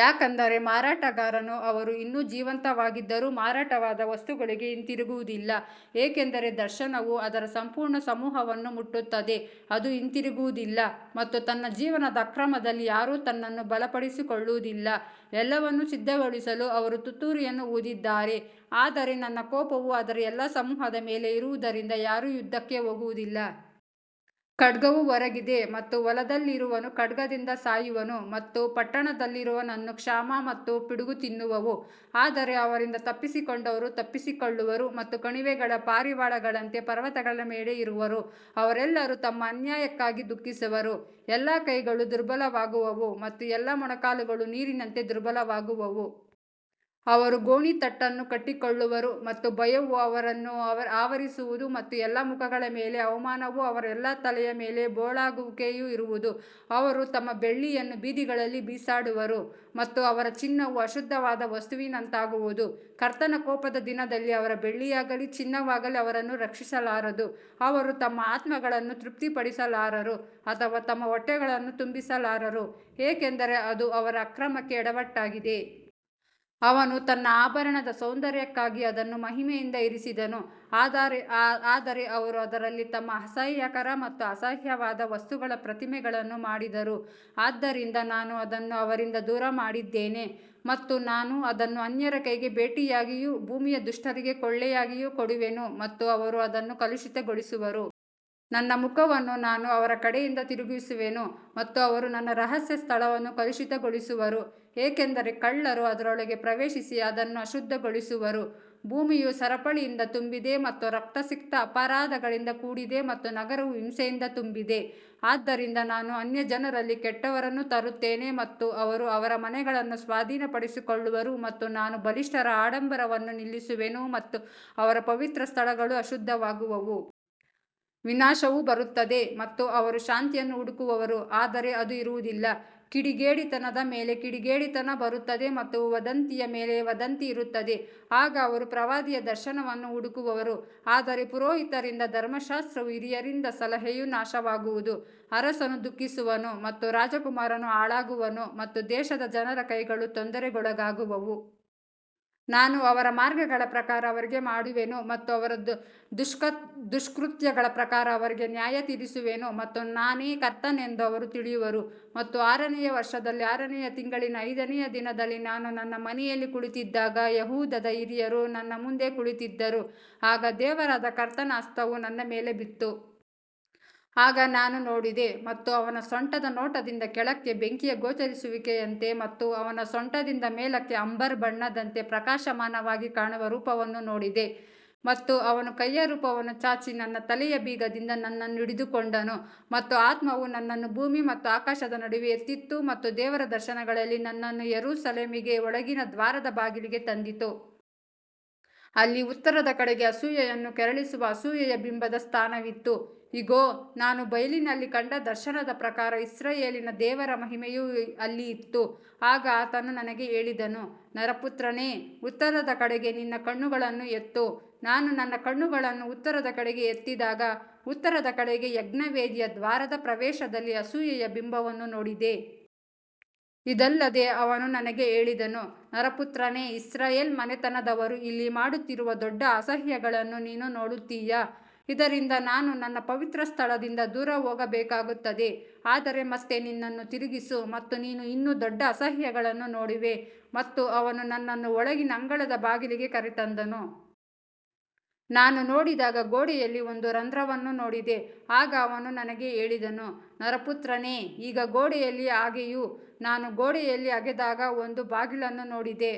ಯಾಕಂದರೆ ಮಾರಾಟಗಾರನು ಅವರು ಇನ್ನೂ ಜೀವಂತವಾಗಿದ್ದರೂ ಮಾರಾಟವಾದ ವಸ್ತುಗಳಿಗೆ ಹಿಂತಿರುಗುವುದಿಲ್ಲ, ಏಕೆಂದರೆ ದರ್ಶನವು ಅದರ ಸಂಪೂರ್ಣ ಸಮೂಹವನ್ನು ಮುಟ್ಟುತ್ತದೆ, ಅದು ಹಿಂತಿರುಗುವುದಿಲ್ಲ ಮತ್ತು ತನ್ನ ಜೀವನದ ಅಕ್ರಮದಲ್ಲಿ ಯಾರೂ ತನ್ನನ್ನು ಬಲಪಡಿಸಿಕೊಳ್ಳುವುದಿಲ್ಲ. ಎಲ್ಲವನ್ನು ಸಿದ್ಧಗೊಳಿಸಲು ಅವರು ತುತ್ತೂರಿಯನ್ನು ಊದಿದ್ದಾರೆ, ಆದರೆ ನನ್ನ ಕೋಪವು ಅದರ ಎಲ್ಲಾ ಸಮೂಹದ ಮೇಲೆ ಇರುವುದರಿಂದ ಯಾರೂ ಯುದ್ಧಕ್ಕೆ ಹೋಗುವುದಿಲ್ಲ. ಖಡ್ಗವು ಹೊರಗಿದೆ ಮತ್ತು ಹೊಲದಲ್ಲಿರುವವನು ಖಡ್ಗದಿಂದ ಸಾಯುವನು ಮತ್ತು ಪಟ್ಟಣದಲ್ಲಿರುವವನನ್ನು ಕ್ಷಾಮ ಮತ್ತು ಪಿಡುಗು ತಿನ್ನುವವು. ಆದರೆ ಅವರಿಂದ ತಪ್ಪಿಸಿಕೊಂಡವರು ತಪ್ಪಿಸಿಕೊಳ್ಳುವರು ಮತ್ತು ಕಣಿವೆಗಳ ಪಾರಿವಾಳಗಳಂತೆ ಪರ್ವತಗಳ ಮೇಲೆ ಇರುವರು, ಅವರೆಲ್ಲರೂ ತಮ್ಮ ಅನ್ಯಾಯಕ್ಕಾಗಿ ದುಃಖಿಸುವರು. ಎಲ್ಲಾ ಕೈಗಳು ದುರ್ಬಲವಾಗುವವು ಮತ್ತು ಎಲ್ಲಾ ಮೊಣಕಾಲುಗಳು ನೀರಿನಂತೆ ದುರ್ಬಲವಾಗುವವು. ಅವರು ಗೋಣಿತಟ್ಟನ್ನು ಕಟ್ಟಿಕೊಳ್ಳುವರು ಮತ್ತು ಭಯವು ಅವರನ್ನು ಆವರಿಸುವದು ಮತ್ತು ಎಲ್ಲಾ ಮುಖಗಳ ಮೇಲೆ ಅವಮಾನವೂ ಅವರ ಎಲ್ಲಾ ತಲೆಯ ಮೇಲೆ ಬೋಳಾಗುವಿಕೆಯೂ ಇರುವುದು. ಅವರು ತಮ್ಮ ಬೆಳ್ಳಿಯನ್ನು ಬೀದಿಗಳಲ್ಲಿ ಬಿಸಾಡುವರು ಮತ್ತು ಅವರ ಚಿನ್ನವು ಅಶುದ್ಧವಾದ ವಸ್ತುವಿನಂತಾಗುವುದು. ಕರ್ತನ ಕೋಪದ ದಿನದಲ್ಲಿ ಅವರ ಬೆಳ್ಳಿಯಾಗಲಿ ಚಿನ್ನವಾಗಲಿ ಅವರನ್ನು ರಕ್ಷಿಸಲಾರದು, ಅವರು ತಮ್ಮ ಆತ್ಮಗಳನ್ನು ತೃಪ್ತಿಪಡಿಸಲಾರರು ಅಥವಾ ತಮ್ಮ ಹೊಟ್ಟೆಗಳನ್ನು ತುಂಬಿಸಲಾರರು, ಏಕೆಂದರೆ ಅದು ಅವರ ಅಕ್ರಮಕ್ಕೆ ಎಡವಟ್ಟಾಗಿದೆ. ಅವನು ತನ್ನ ಆಭರಣದ ಸೌಂದರ್ಯಕ್ಕಾಗಿ ಅದನ್ನು ಮಹಿಮೆಯಿಂದ ಇರಿಸಿದನು, ಆದರೆ ಅವರು ಅದರಲ್ಲಿ ತಮ್ಮ ಅಸಹ್ಯಕರ ಮತ್ತು ಅಸಹ್ಯವಾದ ವಸ್ತುಗಳ ಪ್ರತಿಮೆಗಳನ್ನು ಮಾಡಿದರು, ಆದ್ದರಿಂದ ನಾನು ಅದನ್ನು ಅವರಿಂದ ದೂರಮಾಡಿದ್ದೇನೆ. ಮತ್ತು ನಾನು ಅದನ್ನು ಅನ್ಯರ ಕೈಗೆ ಬೇಟೆಯಾಗಿಯೂ ಭೂಮಿಯ ದುಷ್ಟರಿಗೆ ಕೊಳ್ಳೆಯಾಗಿಯೂ ಕೊಡುವೆನು ಮತ್ತು ಅವರು ಅದನ್ನು ಕಲುಷಿತಗೊಳಿಸುವರು. ನನ್ನ ಮುಖವನ್ನು ನಾನು ಅವರ ಕಡೆಯಿಂದ ತಿರುಗಿಸುವೆನು ಮತ್ತು ಅವರು ನನ್ನ ರಹಸ್ಯ ಸ್ಥಳವನ್ನು ಕಲುಷಿತಗೊಳಿಸುವರು, ಏಕೆಂದರೆ ಕಳ್ಳರು ಅದರೊಳಗೆ ಪ್ರವೇಶಿಸಿ ಅದನ್ನು ಅಶುದ್ಧಗೊಳಿಸುವರು. ಭೂಮಿಯು ಸರಪಳಿಯಿಂದ ತುಂಬಿದೆ ಮತ್ತು ರಕ್ತಸಿಕ್ತ ಅಪರಾಧಗಳಿಂದ ಕೂಡಿದೆ ಮತ್ತು ನಗರವು ಹಿಂಸೆಯಿಂದ ತುಂಬಿದೆ. ಆದ್ದರಿಂದ ನಾನು ಅನ್ಯಜನರಲ್ಲಿ ಕೆಟ್ಟವರನ್ನು ತರುತ್ತೇನೆ ಮತ್ತು ಅವರು ಅವರ ಮನೆಗಳನ್ನು ಸ್ವಾಧೀನಪಡಿಸಿಕೊಳ್ಳುವರು ಮತ್ತು ನಾನು ಬಲಿಷ್ಠರ ಆಡಂಬರವನ್ನು ನಿಲ್ಲಿಸುವೆನು ಮತ್ತು ಅವರ ಪವಿತ್ರ ಸ್ಥಳಗಳು ಅಶುದ್ಧವಾಗುವವು. ವಿನಾಶವು ಬರುತ್ತದೆ ಮತ್ತು ಅವರು ಶಾಂತಿಯನ್ನು ಹುಡುಕುವರು ಆದರೆ ಅದು ಇರುವುದಿಲ್ಲ. ಕಿಡಿಗೇಡಿತನದ ಮೇಲೆ ಕಿಡಿಗೇಡಿತನ ಬರುತ್ತದೆ ಮತ್ತು ವದಂತಿಯ ಮೇಲೆ ವದಂತಿ ಇರುತ್ತದೆ. ಆಗ ಅವರು ಪ್ರವಾದಿಯ ದರ್ಶನವನ್ನು ಹುಡುಕುವರು, ಆದರೆ ಪುರೋಹಿತರಿಂದ ಧರ್ಮಶಾಸ್ತ್ರವೂ ಹಿರಿಯರಿಂದ ಸಲಹೆಯೂ ನಾಶವಾಗುವುದು. ಅರಸನು ದುಃಖಿಸುವನು ಮತ್ತು ರಾಜಕುಮಾರನು ಹಾಳಾಗುವನು ಮತ್ತು ದೇಶದ ಜನರ ಕೈಗಳು ತೊಂದರೆಗೊಳಗಾಗುವವು. ನಾನು ಅವರ ಮಾರ್ಗಗಳ ಪ್ರಕಾರ ಅವರಿಗೆ ಮಾಡುವೆನು ಮತ್ತು ಅವರ ದುಷ್ಕೃತ್ಯಗಳ ಪ್ರಕಾರ ಅವರಿಗೆ ನ್ಯಾಯತೀರಿಸುವೆನು ಮತ್ತು ನಾನೇ ಕರ್ತನೆಂದು ಅವರು ತಿಳಿಯುವರು. ಮತ್ತು ಆರನೆಯ ವರ್ಷದಲ್ಲಿ ಆರನೆಯ ತಿಂಗಳಿನ ಐದನೆಯ ದಿನದಲ್ಲಿ ನಾನು ನನ್ನ ಮನೆಯಲ್ಲಿ ಕುಳಿತಿದ್ದಾಗ ಯೆಹೂದದ ಹಿರಿಯರು ನನ್ನ ಮುಂದೆ ಕುಳಿತಿದ್ದರು, ಆಗ ದೇವರಾದ ಕರ್ತನ ಹಸ್ತವು ನನ್ನ ಮೇಲೆ ಬಿತ್ತು. ಆಗ ನಾನು ನೋಡಿದೆ ಮತ್ತು ಅವನ ಸೊಂಟದ ನೋಟದಿಂದ ಕೆಳಕ್ಕೆ ಬೆಂಕಿಯ ಗೋಚರಿಸುವಿಕೆಯಂತೆ ಮತ್ತು ಅವನ ಸೊಂಟದಿಂದ ಮೇಲಕ್ಕೆ ಅಂಬರ್ ಬಣ್ಣದಂತೆ ಪ್ರಕಾಶಮಾನವಾಗಿ ಕಾಣುವ ರೂಪವನ್ನು ನೋಡಿದೆ. ಮತ್ತು ಅವನು ಕೈಯ ರೂಪವನ್ನು ಚಾಚಿ ನನ್ನ ತಲೆಯ ಬೀಗದಿಂದ ನನ್ನನ್ನು ಹಿಡಿದುಕೊಂಡನು ಮತ್ತು ಆತ್ಮವು ನನ್ನನ್ನು ಭೂಮಿ ಮತ್ತು ಆಕಾಶದ ನಡುವೆ ಎತ್ತಿತು ಮತ್ತು ದೇವರ ದರ್ಶನಗಳಲ್ಲಿ ನನ್ನನ್ನು ಯೆರೂಸಲೇಮಿಗೆ ಒಳಗಿನ ದ್ವಾರದ ಬಾಗಿಲಿಗೆ ತಂದಿತು. ಅಲ್ಲಿ ಉತ್ತರದ ಕಡೆಗೆ ಅಸೂಯೆಯನ್ನು ಕೆರಳಿಸುವ ಅಸೂಯೆಯ ಬಿಂಬದ ಸ್ಥಾನವಿತ್ತು. ಇಗೋ, ನಾನು ಬಯಲಿನಲ್ಲಿ ಕಂಡ ದರ್ಶನದ ಪ್ರಕಾರ ಇಸ್ರಾಯೇಲಿನ ದೇವರ ಮಹಿಮೆಯು ಅಲ್ಲಿ ಇತ್ತು. ಆಗ ಆತನು ನನಗೆ ಹೇಳಿದನು, ನರಪುತ್ರನೇ, ಉತ್ತರದ ಕಡೆಗೆ ನಿನ್ನ ಕಣ್ಣುಗಳನ್ನು ಎತ್ತು. ನಾನು ನನ್ನ ಕಣ್ಣುಗಳನ್ನು ಉತ್ತರದ ಕಡೆಗೆ ಎತ್ತಿದಾಗ, ಉತ್ತರದ ಕಡೆಗೆ ಯಜ್ಞವೇದಿಯ ದ್ವಾರದ ಪ್ರವೇಶದಲ್ಲಿ ಅಸೂಯೆಯ ಬಿಂಬವನ್ನು ನೋಡಿದೆ. ಇದಲ್ಲದೆ ಅವನು ನನಗೆ ಹೇಳಿದನು, ನರಪುತ್ರನೇ, ಇಸ್ರಾಯೇಲ್ ಮನೆತನದವರು ಇಲ್ಲಿ ಮಾಡುತ್ತಿರುವ ದೊಡ್ಡ ಅಸಹ್ಯಗಳನ್ನು ನೀನು ನೋಡುತ್ತೀಯಾ, ಇದರಿಂದ ನಾನು ನನ್ನ ಪವಿತ್ರಸ್ಥಳದಿಂದ ದೂರ ಹೋಗಬೇಕಾಗುತ್ತದೆ. ಆದರೆ ಮತ್ತೆ ನಿನ್ನನ್ನು ತಿರುಗಿಸು ಮತ್ತು ನೀನು ಇನ್ನೂ ದೊಡ್ಡ ಅಸಹ್ಯಗಳನ್ನು ನೋಡುವೆ. ಮತ್ತು ಅವನು ನನ್ನನ್ನು ಒಳಗಿನ ಅಂಗಳದ ಬಾಗಿಲಿಗೆ ಕರೆತಂದನು. ನಾನು ನೋಡಿದಾಗ ಗೋಡೆಯಲ್ಲಿ ಒಂದು ರಂಧ್ರವನ್ನು ನೋಡಿದೆ. ಆಗ ಅವನು ನನಗೆ ಹೇಳಿದನು, ನರಪುತ್ರನೇ, ಈಗ ಗೋಡೆಯಲ್ಲಿ ಅಗೆಯು. ನಾನು ಗೋಡೆಯಲ್ಲಿ ಅಗೆದಾಗ ಒಂದು ಬಾಗಿಲನ್ನು ನೋಡಿದೆ.